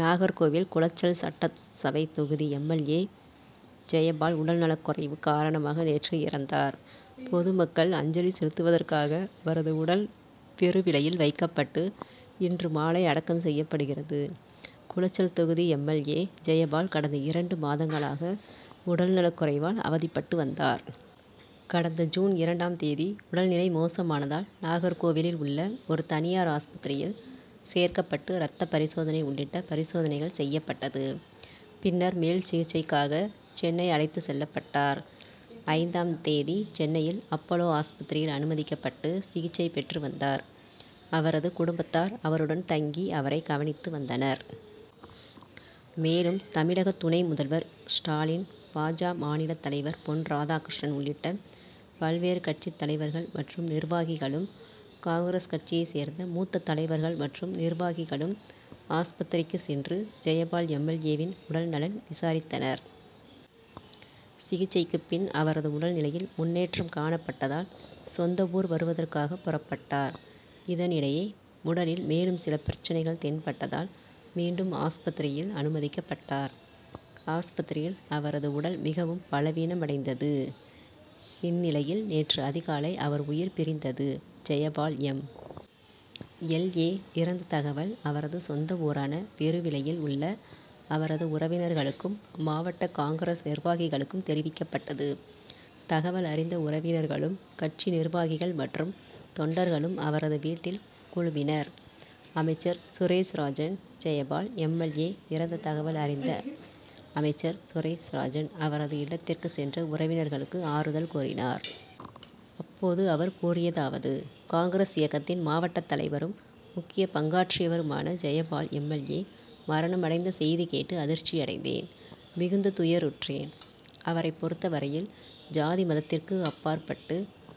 நாகர்கோவில் குளச்சல் சட்டசபை தொகுதி M. L. A. Jayapal உடல்நலக்குறைவு காரணமாக நேற்று இறந்தார். பொதுமக்கள் அஞ்சலி செலுத்துவதற்காக அவரது உடல் பெருவிளையில் வைக்கப்பட்டு இன்று மாலை அடக்கம் செய்யப்படுகிறது. குளச்சல் தொகுதி எம். எல். ஏ. ஜெயபால் கடந்த இரண்டு மாதங்களாக உடல்நலக்குறைவால் அவதிப்பட்டு வந்தார். கடந்த ஜூன் இரண்டாம் தேதி உடல்நிலை மோசமானதால் நாகர்கோவிலில் உள்ள ஒரு தனியார் ஆஸ்பத்திரியில் சேர்க்கப்பட்டு ரத்த பரிசோதனை உள்ளிட்ட பரிசோதனைகள் செய்யப்பட்டது. பின்னர் மேல் சிகிச்சைக்காக சென்னை அழைத்து செல்லப்பட்டார். ஐந்தாம் தேதி சென்னையில் அப்பல்லோ ஆஸ்பத்திரியில் அனுமதிக்கப்பட்டு சிகிச்சை பெற்று வந்தார். அவரது குடும்பத்தார் அவருடன் தங்கி அவரை கவனித்து வந்தனர். மேலும் தமிழக துணை முதல்வர் ஸ்டாலின், பா. ஜ. மாநில தலைவர் பொன் ராதாகிருஷ்ணன் உள்ளிட்ட பல்வேறு கட்சி தலைவர்கள் மற்றும் நிர்வாகிகளும், காங்கரஸ். கட்சியை சேர்ந்த மூத்த தலைவர்கள் மற்றும் நிர்வாகிகளும் ஆஸ்பத்திரிக்கு சென்று ஜெயபால் எம். எல். ஏ. வின் உடல் நலன் விசாரித்தனர். சிகிச்சைக்கு பின் அவரது உடல் நிலையில் முன்னேற்றம் காணப்பட்டதால் சொந்த ஊர் வருவதற்காக புறப்பட்டார். இதனிடையே உடலில் மேலும் சில பிரச்னைகள் தென்பட்டதால் மீண்டும் ஆஸ்பத்திரியில் அனுமதிக்கப்பட்டார். ஆஸ்பத்திரியில் அவரது உடல் மிகவும் பலகீனமடைந்தது. இந்நிலையில் நேற்று அதிகாலை அவரது உயிர் பிரிந்தது. ஜெயபால் எம். எல். ஏ. இறந்த தகவல் அவரது சொந்த ஊரான பெருவிளையில் உள்ள அவரது உறவினர்களுக்கும், மாவட்ட காங்கிரஸ். நிர்வாகிகளுக்கும் தெரிவிக்கப்பட்டது. தகவல் அறிந்த உறவினர்களும், கட்சி நிர்வாகிகள் மற்றும் தொண்டர்களும் அவரது வீட்டில் குழுமினர். அமைச்சர் Suresh Rajan Jayapal M. L. A. இறந்த தகவல் அறிந்த அமைச்சர் சுரேஷ்ராஜன் அவரது இல்லத்திற்கு சென்று உறவினர்களுக்கு ஆறுதல் கூறினார். அப்போது அவர் கூறியதாவது: காங்கிரஸ். இயக்கத்தின் மாவட்ட தலைவரும், முக்கிய பங்காற்றியவருமான ஜெயபால் எம். எல். ஏ. மரணம் அடைந்த செய்தி கேட்டு அதிர்ச்சியடைந்தேன். மிகுந்த துயருற்றேன். அவரை பொறுத்தவரையில் ஜாதி மதத்திற்கு அப்பாற்பட்டு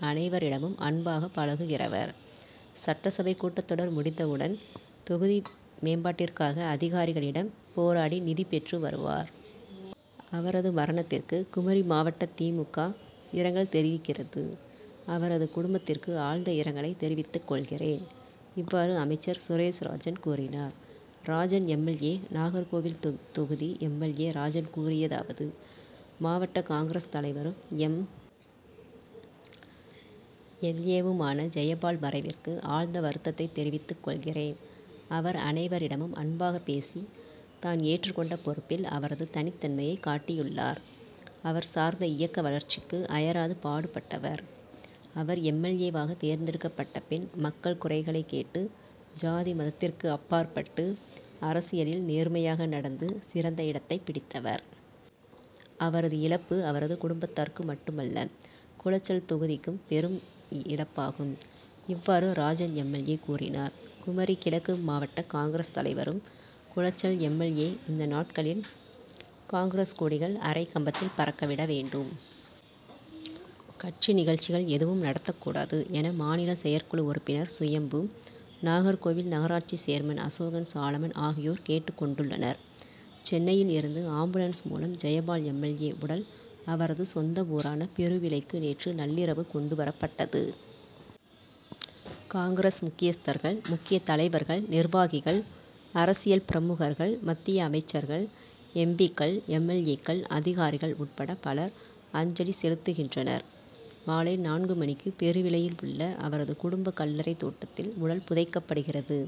அனைவரிடமும் அன்பாக பழகுகிறவர். சட்டசபை கூட்டத்தொடர் முடிந்த உடன் தொகுதி மேம்பாட்டிற்காக அதிகாரிகளிடம் போராடி நிதி பெற்று வருவார். அவரது மரணத்திற்கு குமரி மாவட்ட தி. மு. க. இரங்கல் தெரிவிக்கிறது. அவரது குடும்பத்திற்கு ஆழ்ந்த இரங்கலை தெரிவித்துக்கொள்கிறேன். இவ்வாறு அமைச்சர் சுரேஷ்ராஜன் கூறினார். Rajan M. L. A. Nagercoil தொகுதி எம். எல். ஏ. ராஜன் கூறியதாவது: மாவட்ட காங்கிரஸ். தலைவரும், எம். எல். ஏ. வுமான ஜெயபால் மறைவிற்கு ஆழ்ந்த வருத்தத்தை தெரிவித்துக்கொள்கிறேன். அவர் அனைவரிடமும் அன்பாக பேசி, தான் ஏற்றுக்கொண்ட பொறுப்பில் அவரது தனித்தன்மையை காட்டியுள்ளார். அவர் சார்ந்த இயக்க வளர்ச்சிக்கு அயராது பாடுபட்டவர். அவர் எம். எல். ஏ. வாக தேர்ந்தெடுக்கப்பட்ட பின் மக்கள் குறைகளை கேட்டு ஜாதி மதத்திற்கு அப்பாற்ப்பட்டு அரசியலில் நேர்மையாக நடந்து சிறந்த இடத்தை பிடித்தவர். அவரது இழப்பு அவரது குடும்பத்தாருக்கு மட்டுமல்ல குளச்சல் தொகுதிக்கும் பெரும் இழப்பாகும். இவ்வாறு ராஜன் எம். எல். ஏ. கூறினார். குமரி கிழக்கு மாவட்ட காங். தலைவரும், குளச்சல் எம். எல். ஏ. இந்த நாட்களில் காங்கிரஸ். கொடிகள் அரை கம்பத்தில் பறக்க விட வேண்டும். கட்சி நிகழ்ச்சிகள் எதுவும் நடத்தக்கூடாது என மாநில செயற்குழு உறுப்பினர் சுயம்பு, நாகர்கோவில் நகராட்சி சேர்மன் அசோகன் சாலமன் ஆகியோர் கேட்டுக்கொண்டுள்ளனர். சென்னையில் இருந்து ஆம்புலன்ஸ் மூலம் ஜெயபால் எம். எல். ஏ. உடல் அவரது சொந்த ஊரான பெருவிளைக்கு நேற்று நள்ளிரவு கொண்டு வரப்பட்டது. காங்கிரஸ். முக்கியஸ்தர்கள், முக்கிய தலைவர்கள், நிர்வாகிகள், அரசியல் பிரமுகர்கள், மத்திய அமைச்சர்கள், எம். பி. க்கள், எம். எல். ஏ. க்கள், அதிகாரிகள் உட்பட பலர் அஞ்சலி செலுத்துகின்றனர். மாலை நான்கு மணிக்கு பெருவிளையில் உள்ள அவரது குடும்ப கல்லறை தோட்டத்தில் உடல் புதைக்கப்படுகிறது.